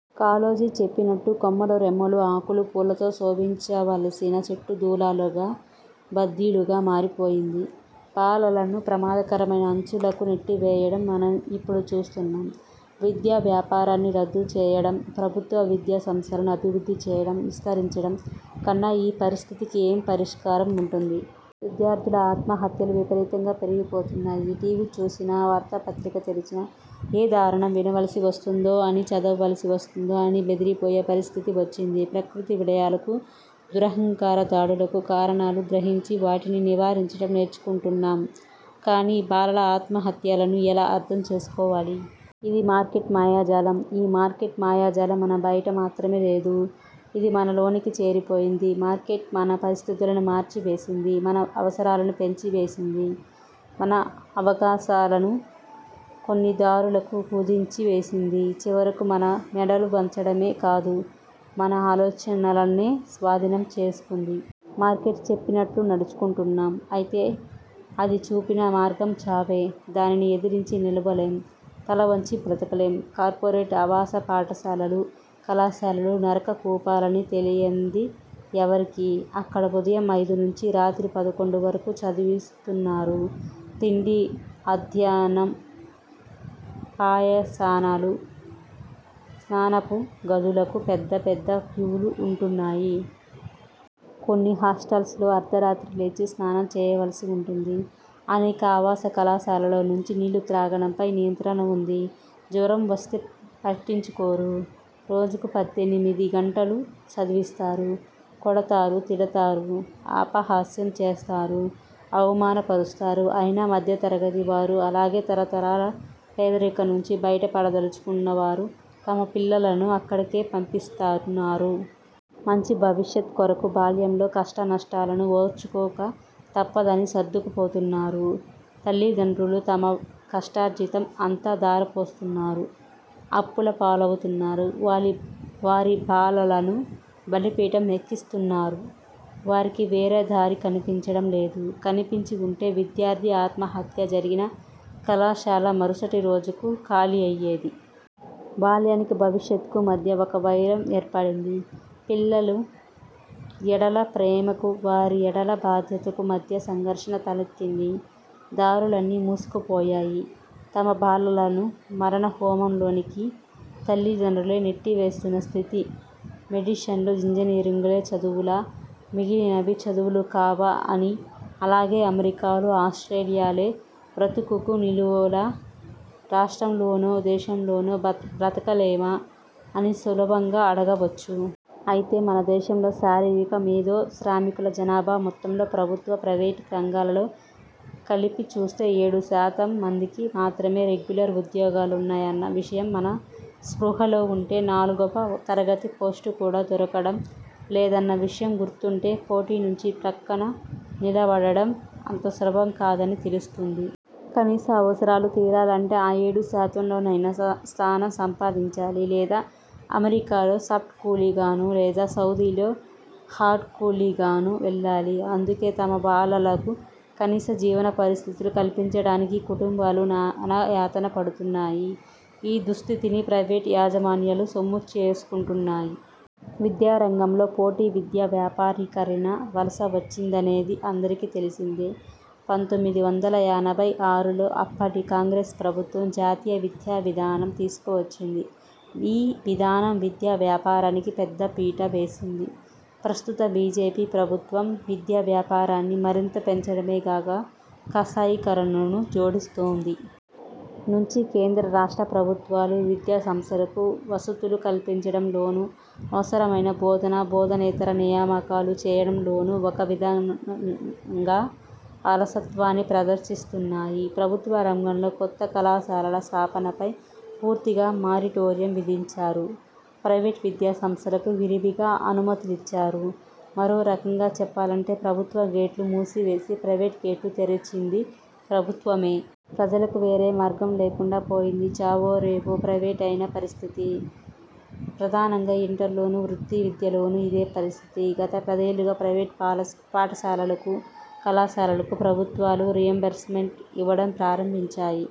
కాళోజీ చెప్పినట్లు కొమ్మలు, రెమ్మలు, ఆకులు, పూలతో శోభించవలసిన చెట్టు దూలాలుగా, బద్దీలుగా మారిపోయింది. బాలలను ప్రమాదకరమైన అంచులకు నెట్టి వేయడం మనం ఇప్పుడు చూస్తూన్నాం. విద్యా వ్యాపారాన్ని రద్దు చేయడం, ప్రభుత్వ విద్యా సంస్థలను అభివృద్ధి చేయడం, విస్తరించడం కన్నా ఈ పరిస్థితికి ఏం పరిష్కారం ఉంటుంది? విద్యార్థుల ఆత్మహత్యలు విపరీతంగా పెరిగి పోతున్నాయి. టి. వి.చూసినా, వార్తా పత్రిక తెరిచినా ఏ దారుణం వినవలసి వస్తుందో అని, చదవవలసి వస్తుందో అని బెదిరి పోయే పరిస్థితి వచ్చింది. ప్రకృతి విలయాలకు, దురహంకార దాడులకు కారణాలు గ్రహించి, వాటిని నివారించడం నేర్చుకుంటున్నాం. కాని బాలల ఆత్మహత్యలను ఎలా అర్థం చేసుకోవాలి? ఇది మార్కెట్ మాయాజాలం. ఈ మార్కెట్ మాయాజాలం మన బయట మాత్రమే లేదు. ఇది మన లోనికి చేరిపోయింది. మార్కెట్ మన పరిస్థితులను మార్చి వేసింది, మన అవసరాలను పెంచి వేసింది, మన అవకాశాలను కొన్ని దారులకు కుదించి వేసింది. చివరకు మన మెడలు వంచడమే కాదు, మన ఆలోచనలనే స్వాధీనం చేసుకుంది. మార్కెట్ చెప్పినట్లు నడుచుకుంటున్నాం. అయితే అది చూపిన మార్గం చావే! దానిని ఎదిరించి నిలువలేం, తలవంచి బ్రతకలేం! కార్పొరేట్ ఆవాస పాఠశాలలు, కళాశాలలు నరక కూపాలని తెలియంది ఎవరికి? అక్కడ ఉదయం ఐదు నుంచి రాత్రి పదకొండు వరకు చదివిస్తున్నారు. తిండి అధ్యాన్నం. పాయఖానాలు, స్నానపు గదులకు పెద్ద, పెద్ద క్యూలు ఉంటున్నాయి. కొన్ని హాస్టల్స్లో అర్ధరాత్రి లేచి స్నానం చేయవలసి ఉంటుంది. అనేక ఆవాస కళాశాలలలో మంచి నీళ్ళు త్రాగడంపై నియంత్రణ ఉంది. జ్వరం వస్తే పట్టించుకోరు. రోజుకు పద్దెనిమిది గంటలు చదివిస్తారు. కొడతారు, తిడతారు, అపహాస్యం చేస్తారు, అవమాన పరుస్తారు. అయినా మధ్య తరగతి వారు, అలాగే తరతరాల పేదరికం నుంచి బయటపడదలచుకున్నవారు తమ పిల్లలను అక్కడికే పంపిస్తున్నారు. మంచి భవిష్యత్ కొరకు బాల్యంలో కష్ట్టనష్టాలను ఓర్చుకోక తప్పదని సర్దుకు పోతున్నారు. తల్లిదండ్రులు తమ కష్టార్జితం అంతా ధార పోస్తూన్నారు. అప్పుల పాలవుతున్నారు. వారి బాలలను బలి పీఠం ఎక్కిస్తూన్నారు. వారికి వేరే దారి కనిపించడం లేదు. కనిపించి ఉంటే విద్యార్థి ఆత్మహత్య జరిగిన కళాశాల మరుసటి రోజుకు ఖాళీ అయ్యేది. బాల్యానికి భవిష్యత్కు మధ్య ఒక వైరం ఏర్పడింది. పిల్లల ఎడల ప్రేమకు వారి ఎడల బాధ్యతకు మధ్య సంఘర్షణ తలెత్తింది! దారులన్నీ మూసుకుపోయాయి. తమ బాలలను మారణ హోమం లోనికి తల్లిదండ్రులే నెట్టి వేస్తూన్న స్థితి. మెడిసిన్లు ఇంజనీరింగులే చదువులా, మిగిలినవి చదువులు కావా అని, అలాగే అమెరికాలు, ఆస్ట్రేలియాలే బ్రతుకుకు నెలవులా రాష్ట్రంలోనో దేశంలోనో బ్రతకలేమా అని సులభంగా అడగవచ్చు. అయితే మన దేశంలో శారీరక, మేధో శ్రామికుల జనాభా మొత్తంలో ప్రభుత్వ, ప్రైవేట్ రంగాలలో కలిపి చూస్తే ఏడు శాతం మందికి మాత్రమే రెగ్యులర్ ఉద్యోగాలున్నాయన్న విషయం మన స్పృహలో ఉంటే, నాలుగవ తరగతి పోస్టు కూడా దొరకడం లేదన్న విషయం గుర్తుంటే, పోటీ నుంచి ప్రక్కన నిలబడడం అంత సులభం కాదని తెలుస్తుంది. కనీస అవసరాలు తీరాలంటే ఆ ఏడు శాతంలో నైనా స్థానం సంపాదించాలి లేదా అమెరికాలో సాఫ్ట్కూలీ గానో లేదా సౌదీలో హార్డ్కూలీ గానో వెళ్ళాలి. అందుకే తమ బాలలకు కనీస జీవన పరిస్థితులు కల్పించడానికి కుటుంబాలు నానా యాతన పడుతున్నాయి. ఈ దుస్థితిని ప్రైవేట్ యాజమాన్యాలు సొమ్ము చేసుకుంటున్నాయి. విద్యా రంగంలో పోటీ విద్యావ్యాపారీకరణ వల సా వచ్చిందనేది అందరికీ తెలిసిందే. పంతొమ్మిది వందల ఎనభై ఆరులో అప్పటి కాంగ్రెస్ ప్రభుత్వం 'జాతీయ విద్యావిధానం ' తీసుకు వచ్చింది. ఈ విధానం విద్యా వ్యాపారానికి పెద్దపీట వేసింది. ప్రస్తుత బీజేపీ ప్రభుత్వం విద్యా ప్యాపారాన్ని మరింత పెంచడమే గాక కాషాయీకరణను జోడిస్తూంది. నుంచి కేంద్ర రాష్ట్ర ప్రభుత్వాలు విద్యా సంస్థలకు వసతులు కల్పించడం లోనూ, అవసరమైన బోధన, బోధనేతర నియామకాలు చేయడంలోనూ, ఒక విధానంగా, అలసత్వాన్ని ప్రదర్శిస్తూన్నాయి. ప్రభుత్వ రంగంలో కొత్త కళాశాలల స్థాపనపై పూర్తిగా మారిటోరియం విధించారు. ప్రైవేట్ విద్యా సంస్థలకు విరివిగా అనుమతులిచ్చారు. మరొక రకంగా చెప్పాలంటే ప్రభుత్వ గేట్లు మూసి వేసి ప్రైవేట్ గేట్లు తెరచింది ప్రభుత్వమే. ప్రజలకు వేరే మార్గం లేకండా పోయింది. చావో రేవో ప్రైవేటే అయిన పరిస్థితి. ప్రధానంగా ఇంటర్లోనూ, వృత్తి విద్యలలోనూ ఇదే పరిస్థితి. గత పదేళ్ళుగా ప్రైవేట్ పాఠశాలలకు, కళాశాలలకు ప్రభుత్వాలు రీయింబర్స్మెంట్ ఇవ్వడం ప్రారంభించాయి.